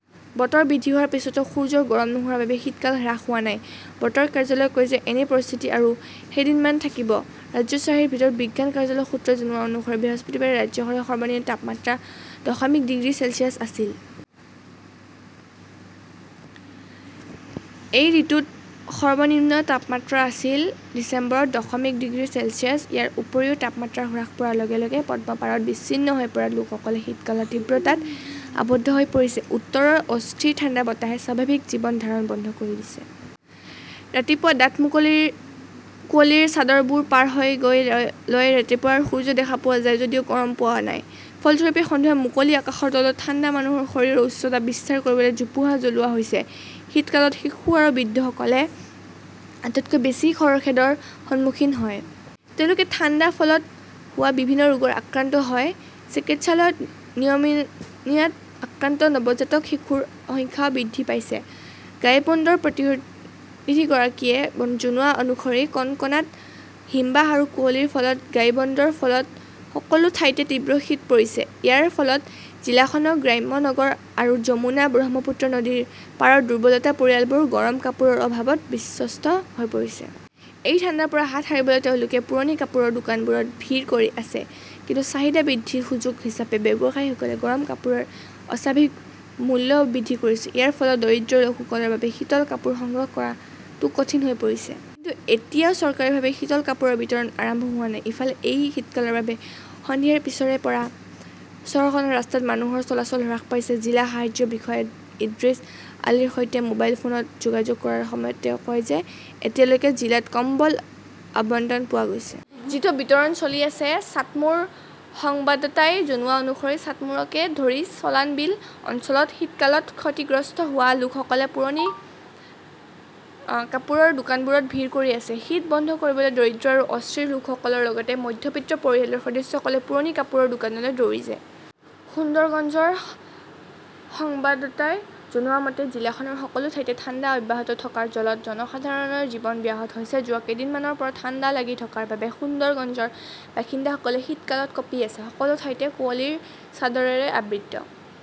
বতৰ বৃদ্ধি হোৱাৰ পিছতো, সূৰ্যৰ গৰম নোহোৱাৰ বাবে শীতকাল হ্ৰাস হোৱা নাই। বতৰ কাৰ্যালয়ে কয় যে এনে পৰিস্থিতি আৰু কেইদিনমান থাকিব। ৰাজশ্বাহীৰ বতৰ বিজ্ঞান কাৰ্যালয়ৰ সূত্ৰই জনোৱা অনুসৰি বৃহস্পতিবাৰে ৰাজশ্বাহীত সৰ্বনিম্ন তাপমাত্ৰা দশমিক ডিগ্ৰী চেলছিয়াছ আছিল। এই ঋতুত সৰ্বনিম্ন তাপমাত্ৰা আছিল ডিচেম্বৰত দশমিক ডিগ্ৰী চেলছিয়াছ। ইয়াৰ উপৰিও তাপমাত্ৰা হ্ৰাস পোৱাৰ লগে লগে পদ্মপাৰত বিচ্ছিন্ন হৈ পৰা লোকসকল শীতকালৰ তীব্ৰতাত আৱদ্ধ হৈ পৰিছে। উত্তৰৰ অস্থিৰ ঠাণ্ডা বতাহে স্বাভাৱিক জীৱন ধাৰণ বন্ধ কৰি দিছে। ৰাতিপুৱা ডাঠ কুঁৱলীৰ চাদৰবোৰ পাৰ হৈ গ "লে ৰাতিপুৱাৰ সূৰ্য দেখা পোৱা যায় যদিও গৰম হোৱা নাই। ফলস্বৰূপে, সন্ধিয়া মুকলি আকাশৰ তলত থকা ঠাণ্ডা মানুহৰ শৰীৰত উষ্ণতা বিস্তাৰ কৰিবলৈ জোপোহা জ্বলোৱা হৈছে। শীতকালত শিশু আৰু বৃদ্ধসকলে আটাইতকৈ বেছি খৰখেদৰ সন্মুখীন হয়। তেওঁলোকে ঠাণ্ডাৰ ফলত হোৱা বিভিন্ন ৰোগত আক্ৰান্ত হয়। চিকিৎসালয়ত নিউমোনিয়াত আক্ৰান্ত নৱজাতক শিশুৰ সংখ্যাও বৃদ্ধি পাইছে। গাইবন্দৰ প্ৰতিনিধিগৰাকীয়ে জনোৱা অনুসৰি কনকনাত হিমবাহ আৰু কুঁৱলীৰ ফলত গাইবন্দৰ সকলো ঠাইতে তীব্ৰ শীত পৰিছে। ইয়াৰ ফলত জিলাখনৰ গ্ৰাম্য নগৰ আৰু যমুনা, ব্ৰহ্মপুত্ৰ আৰু নদীৰ পাৰৰ দুৰ্বল পৰিয়ালবোৰ গৰম কাপোৰৰ অভাৱত বিধ্বস্ত হৈ পৰিছে। এই ঠাণ্ডাৰ পৰা হাত সাৰিবলৈ তেওঁলোকে পুৰণি কাপোৰৰ দোকানবোৰত ভিৰ কৰি আছে। কিন্তু চাহিদা বৃদ্ধিৰ সুযোগ হিচাপে ব্যৱসায়ীসকলে গৰম কাপোৰৰ অস্বাভাৱিক মূল্যও বৃদ্ধি কৰিছে। ইয়াৰ ফলত দৰিদ্ৰ লোকসকলৰ বাবে শীতল কাপোৰ সংগ্ৰহ কৰাটো কঠিন হৈ পৰিছে। কিন্তু এতিয়াও চৰকাৰীভাৱে শীতল কাপোৰৰ বিতৰণ আৰম্ভ হোৱা নাই। ইফালে, এই শীতকালৰ বাবে সন্ধিয়াৰ পিছৰে পৰা চহৰখনৰ ৰাস্তাত মানুহৰ চলাচল হ্ৰাস পাইছে। জিলা সাহায্য বিষয়া ইদ্ৰিছ আলীৰ সৈতে মোবাইল ফোনত যোগাযোগ কৰাৰ সময়ত তেওঁ কয় যে এতিয়ালৈকে জিলাত কম্বল আবণ্টন পোৱা গৈছে। যিটো বিতৰণ চলি আছে। চাটমোৰ ৰ সংবাদদাতাই জনোৱা অনুসৰি চাটমোৰকে ধৰি চলানবিল অঞ্চলত শীতকালত ক্ষতিগ্ৰস্ত হোৱা লোকসকলে পুৰণি কাপোৰৰ দোকানবোৰত ভিৰ কৰি আছে। শীত বন্ধ কৰিবলৈ দৰিদ্ৰ আৰু অস্থিৰ লোকসকলৰ লগতে মধ্যবিত্ত পৰিয়ালৰ সদস্যসকলে পুৰণি কাপোৰৰ দোকানলৈ দৌৰি যায়। সুন্দৰগঞ্জ ৰ সংবাদদাতাই জনোৱা মতে, জিলাখনৰ সকলো ঠাইতে ঠাণ্ডা অব্যাহত থকাৰ ফলত জনসাধাৰণৰ জীৱন ব্যাহত হৈছে। যোৱা কেইদিনমানৰ পৰা ঠাণ্ডা লাগি থকাৰ বাবে সুন্দৰগঞ্জৰ বাসিন্দাসকলে শীতকালত কঁপি আছে। সকলো ঠাইতে কুঁৱলীৰ চাদৰেৰে আবৃত